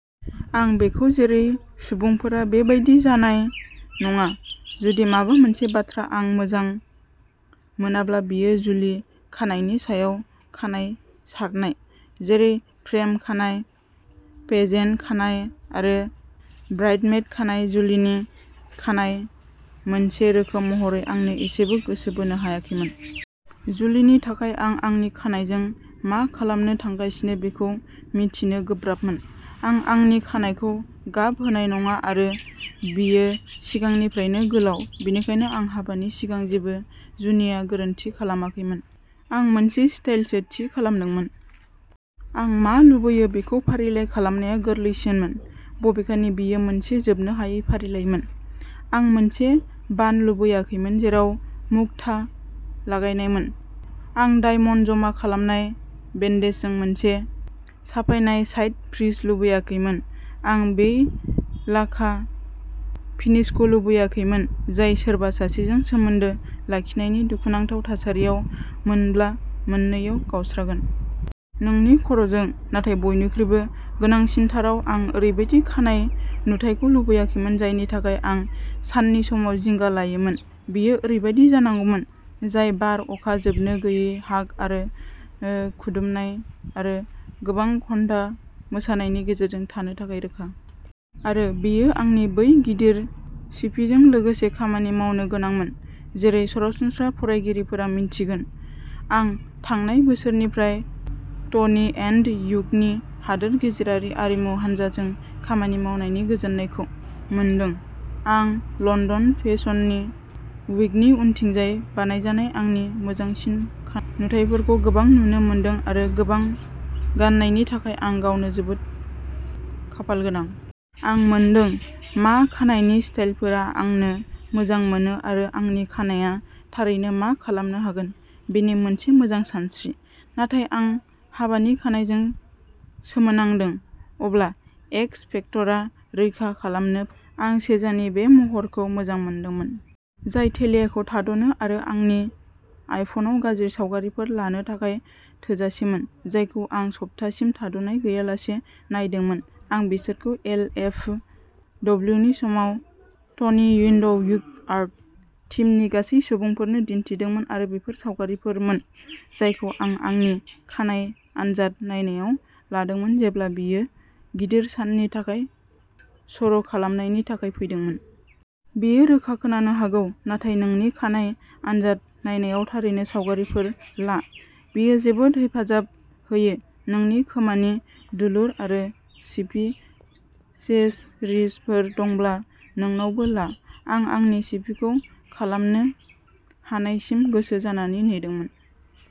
आं बेखौ जेरै बुंफोरो बे बायदि जानाय नङा। जुदि माबा मोनसे बाथ्रा आं मोजां मोनाब्ला बेयो जुलि खानायनि सायाव खानाय सारनाय। जेरै प्रम खानाय पेजेंट खानाय आरो ब्राइदमेइद खानाय जुलिनि खानाय मोनसे रोखोम महरै आंनो एसेबो गोसो बोनो हायाखैमोन। जुलिनि थाखाय आं आंनि खानायजों मा खालामनो थांगासिनो बेखौ मिन्थिनो गोब्राबमोन। आं आंनि खानाइखौ गाब होनाय नङा आरो बेयो सिगांनिफ्रायनो गोलाव। बेनिखायनो आं हाबानि सिगां जेबो जुनिया गोरोन्थि खालामाखैमोन। आं मोनसे स्टाइलसो थि खालामदोंमोन। आं मा लुबैयो बेखौ फारिलाइ खालामनाया गोरलैसिनमोन। बबेखानि बेयो मोनसे जोबनो हायै फारिलाइमोन। आं मोनसे बान लुबैयाखैमोन जेराव मुक्ता लागायनायमोन। आं डायमन्ट ज'मा खालामनाय बेन्डजों मोनसे साफायनाय साइड फ्रिज लुबैयाखैमोन। आं बै लाखा फिनिसखौ लुबैयाखैमोन जाय सोरबा सासेजों सोमोन्दो लाखिनायनि दुखुनांथाव थासारियाव मोनब्ला मोननैआव गावस्रागोन। नोंनि खर'जों। नाथाय बयनिख्रुइबो गोनांसिनथाराव आं ओरैबायदि खानाय नुथायखौ लुबैयाखैमोन जायनि थाखाय आं साननि समाव जिंगा लायोमोन। बेयो ओरैबायदि जानांगौमोन जाय बार, अखा, जोबनो गैयै हाग आरो ओ खुदुमनाय आरो गोबां घन्टा मोसानायनि गेजेरजों थानो थाखाय रोखा। आरो बेयो आंनि बै गिदिर सिफिजों लोगोसे खामानि मावनो गोनांमोन। जेरै सरासनस्रा फरायगिरिफोरा मिन्थिगोन। आं थांनाय बोसोरनिफ्राय ट'नि एन्ड ग्युनि हादोर गेजेरारि आरिमु हानजाजों खामानि मावनायनि गोजोननायखौ मोनदों। आं लन्दन फेसन वीकनि उनथिंजाय बानायजानाय आंनि मोजांसिन खानाय नुथाइफोरखौ गोबां नुनो मोनदों आरो बेफोर गोबां गान्नायनि थाखाय आं गावनो जोबोद खाफालगोनां। आं मोनदों। मा खानाइनि स्टाइलफोरा आंनो मोजां मोनो आरो आंनि खानाया थारैनो मा खालामनो हागोन। बेनि मोनसे मोजां सानस्रि। नाथाय आं हाबानि खानाइजों सोमोनांदोंमोन। अब्ला एक्स फेक्टरा रैखा खालामनो फैदोंमोन। आं चेजजानि बे महरखौ मोजां मोनदोंमोन। जाय टेलिआखौ थाद'नो आरो आंनि आइफ'नाव गाज्रि सावगारिफोर लानो थाखाय थोजासेमोन। जायखौ आं सप्तासिम थाद'नाय गैयालासे नायदोंमोन। आं बिसोरखौ एल एफ डब्लिउनि समाव ट'नि एन्ड ग्यु आर्ट टीमनि गासै सुबुंफोरनो दिन्थिदोंमोन आरो बेफोर सावगारिफोरमोन जायखौ आं आंनि खानाइ आनजाद नायनायाव लादोंमोन जेब्ला बेयो गिदिर साननि थाखाय सर'खालामनायनि थाखाय फैदोंमोन। बेयो रोखा खोनानो हागौ। नाथाय नोंनि खानाइ आनजाद नायनायाव थारैनो सावगारिफोर ला। बेयो जोबोद हेफाजाब होयो। नोंनि खोमानि दुलुर आरो सिफि सेसरिजफोर दंब्ला नोंनावबो ला। आं आंनि सिफिखौ खालामनो हानायसिम गोसो जानानै नेदोंमोन।